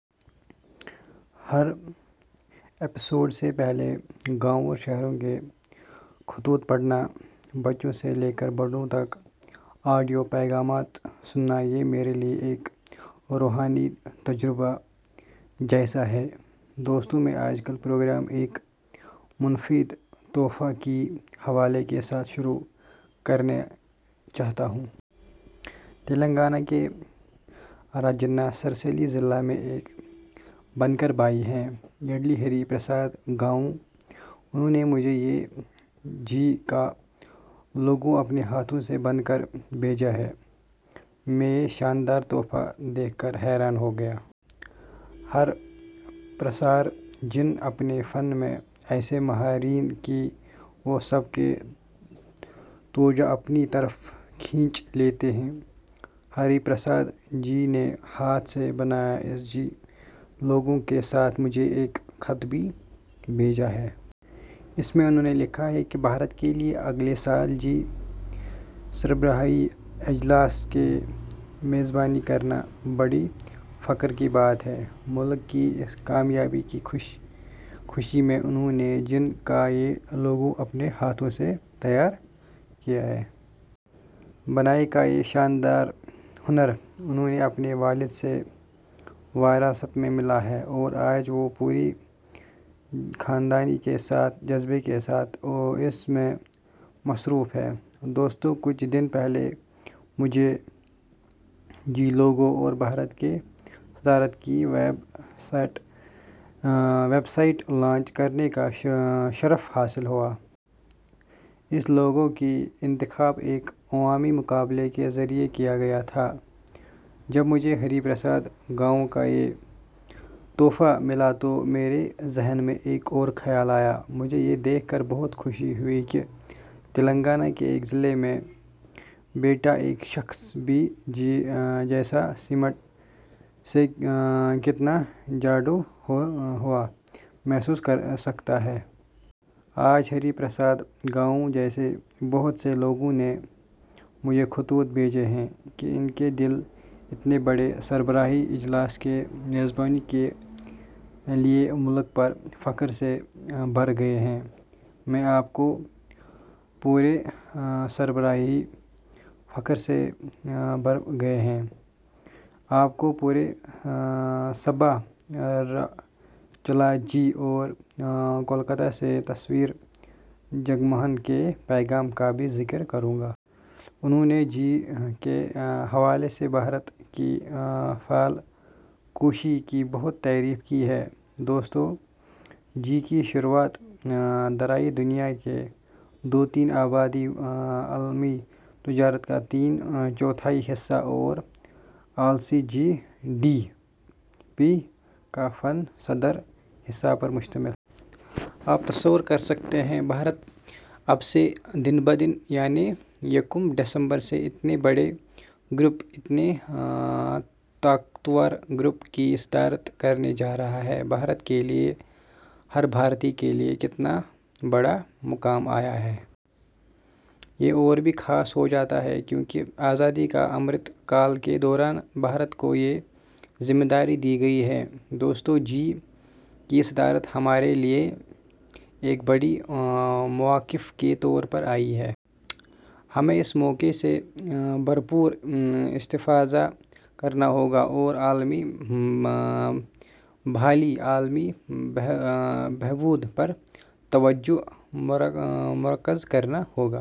ہر episode سے پہلے گاؤں اور شہروں کے خطوط پڑھنا ؛ بچوں سے لے کر بڑوں تک آڈیو پیغامات سننا؛ یہ میرے لئے ایک روحانی تجربے جیسا ہے۔ دوستو، میں آج کا پروگرام ایک منفرد تحفہ کے حوالے کے ساتھ شروع کرنا چاہتا ہوں۔ تلنگانہ کے راجنا سرسیلا ضلع میں ایک بنکر بھائی ہیں – یلدھی ہری پرساد گارو۔ انہوں نے مجھے یہ جی – کا لوگو اپنے ہاتھوں سے بن کر بھیجا ہے۔ میں یہ شاندار تحفہ دیکھ کر حیران رہ گیا۔ ہری پرساد جی اپنے فن میں ایسے ماہر ہیں کہ وہ سب کی توجہ اپنی طرف کھینچ لیتے ہیں۔ ہری پرساد جی نے ہاتھ سے بنے اس جی – لوگو کے ساتھ مجھے ایک خط بھی بھیجا ہے۔ اس میں ، انہوں نے لکھا ہے کہ بھارت کے لئے اگلے سال جی - سربراہی اجلاس کی میزبانی کرنا بڑے فخر کی بات ہے۔ ملک کی ، اس کامیابی کی خوشی میں ، انہوں نے جی – کا یہ لوگو اپنے ہاتھوں سے تیار کیا ہے۔ بُنائی کا یہ شاندار ہنر ، انہیں اپنے والد سے وراثت میں ملا ہے اور آج وہ پورے جذبے کے ساتھ اس میں مصروف ہیں۔ دوستو، کچھ دن پہلے مجھے جی – لوگو اور بھارت کی صدارت کی ویب سائٹ لانچ کرنے کا شرف حاصل ہوا۔ اس لوگو کا انتخاب ایک عوامی مقابلے کے ذریعے کیا گیا تھا۔ جب مجھے ہری پرساد گارو کا یہ تحفہ ملا تو میرے ذہن میں ایک اور خیال آیا۔ مجھے یہ دیکھ کر بہت خوشی ہوئی کہ تلنگانہ کے ایک ضلع میں بیٹھا ایک شخص بھی جی – جیسے سمٹ سے کتنا جڑا ہوا محسوس کر سکتا ہے۔ آج، ہری پرساد گارو جیسے بہت سے لوگوں نے مجھے خطوط بھیجے ہیں کہ ان کے دل اتنے بڑے سربراہی اجلاس کی میزبانی کرنے والے ملک پر فخر سے بھر گئے ہیں۔ میں آپ کو پونے سے سبا راؤ چلّرا جی اور کولکاتہ سے تشار جگموہن کے پیغام کا بھی ذکر کروں گا۔ انہوں نے جی – کے حوالے سے بھارت کی فعال کوششوں کی بہت تعریف کی ہے۔ دوستو، جی – کی شراکت داری دنیا کی دو تہائی آبادی، عالمی تجارت کا تین چوتھائی حصہ اور عالمی جی ڈی پی کا فی صد حصہ پر مشتمل ہے۔ آپ تصور کر سکتے ہیں – بھارت اب سے دن بعد یعنی یکم دسمبر سے اتنے بڑے گروپ، اتنے طاقتور گروپ کی صدارت کرنے جا رہا ہے۔ بھارت کے لئے، ہر بھارتی کے لئے کتنا بڑا موقع آیا ہے! یہ اور بھی خاص ہو جاتا ہے کیونکہ آزادی کا امرت کال کے دوران بھارت کو یہ ذمہ داری دی گئی ہے ۔ دوستو، جی – کی صدارت ہمارے لئے ایک بڑے موقع کے طور پر آئی ہے۔ ہمیں اس موقع سے بھرپور استفادہ کرنا ہوگا اور عالمی بھلائی، عالمی بہبود پر توجہ مرکوز کرنی ہوگی۔